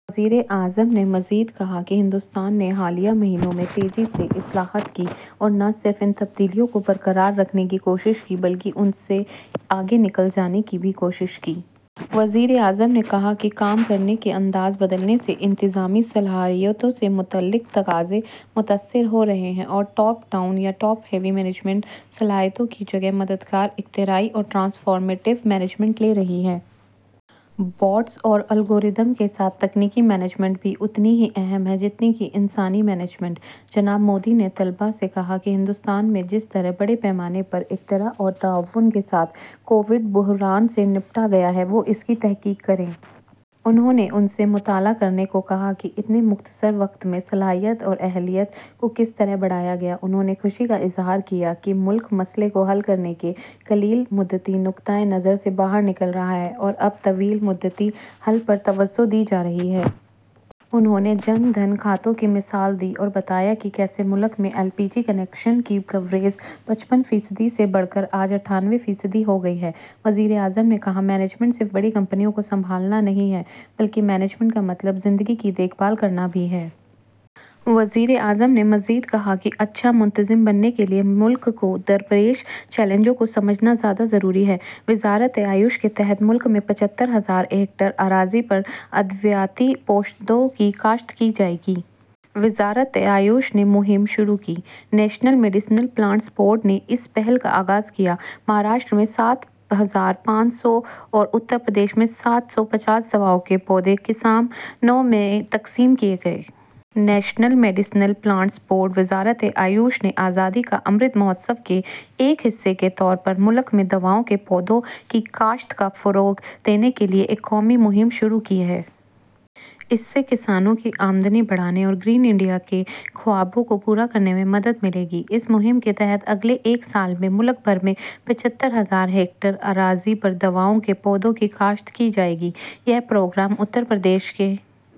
وزیر اعظم نے مزید کہا کہ ہندوستان نے حالیہ مہینوں میں تیزی سے اصلاحات کیں اور نہ صرف ان تبدیلیوں کو برقرار رکھنے کی کوشش کی بلکہ ان سے آگے نکل جانے کی بھی کوشش کی۔ وزیر اعظم نے کہا کہ کام کرنے کے انداز بدلنے سے انتظامی صلاحیتوں سے متعلق تقاضے متاثر ہو رہے ہیں اور ٹاپ ڈاؤن یا ٹاپ ہیوی مینجمنٹ صلاحیتوں کی جگہ مددگار، اختراعی اور ٹرانسفارمیٹو مینجمنٹ لے رہی ہے۔ بوٹس اور الگورتھم کے ساتھ تکنیکی مینجمنٹ بھی اتنی ہی اہم ہے جتنی کہ انسانی مینجمنٹ۔ جناب مودی نے طلبہ سے کہا کہ ہندوستان میں جس طرح بڑے پیمانے پر اختراع اور تعاون کے ساتھ کووڈ بحران سے نمٹا گیا، وہ اس کی تحقیق کریں۔ انہوں نے ان سے مطالعہ کرنے کو کہا کہ اتنے مختصر وقت میں صلاحیت اور اہلیت کو کس طرح بڑھایا گیا۔ انہوں نے خوشی کا اظہار کیا کہ ملک مسئلے کو حل کرنے کے قلیل مدتی نقطہ نظر سے باہر نکل رہا ہے اور اب طویل مدتی حلوں پر توجہ دی جا رہی ہے۔ انہوں نے جن دھن کھاتوں کی مثال دی اور بتایا کہ کیسے ملک میں ایل پی جی کنکشن کی کوریج پچپن فیصد سے بڑھ کر آج اٹھانوے فیصد ہو گئی ہے۔ وزیر اعظم نے کہا، "مینجمنٹ صرف بڑی کمپنیوں کو سنبھالنا نہیں ہے بلکہ مینجمنٹ کا مطلب زندگی کی دیکھ بھال کرنا بھی ہے۔" وزیر اعظم نے مزید کہا کہ اچھا منتظم بننے کے لیے ملک کو درپیش چیلنجوں کو سمجھنا زیادہ ضروری ہے۔ وزارت آیوش کے تحت ملک میں پچھتر ہزار ہیکٹر اراضی پر ادویاتی پودوں کی کاشت کی جائے گی۔ وزارت آیوش نے مہم شروع کی، نیشنل میڈیکل پلانٹس بورڈ نے اس پہل کا آغاز کیا۔ مہاراشٹر میں سات ہزار پانچ سو اور اتر پردیش میں سات سو پچاس دواؤں کے پودے کسانوں میں تقسیم کیے گئے۔ نیشنل میڈیکل پلانٹس بورڈ، وزارت آیوش نے آزادی کا امرت مہوتسو کے ایک حصے کے طور پر ملک میں دواؤں کے پودوں کی کاشت کو فروغ دینے کے لیے ایک قومی مہم شروع کی ہے۔ اس سے کسانوں کی آمدنی بڑھانے اور گرین انڈیا کے خواب کو پورا کرنے میں مدد ملے گی۔ اس مہم کے تحت اگلے ایک سال میں ملک بھر میں پچھتر ہزار ہیکٹر اراضی پر دواؤں کے پودوں کی کاشت کی جائے گی۔ یہ پروگرام اتر پردیش کے...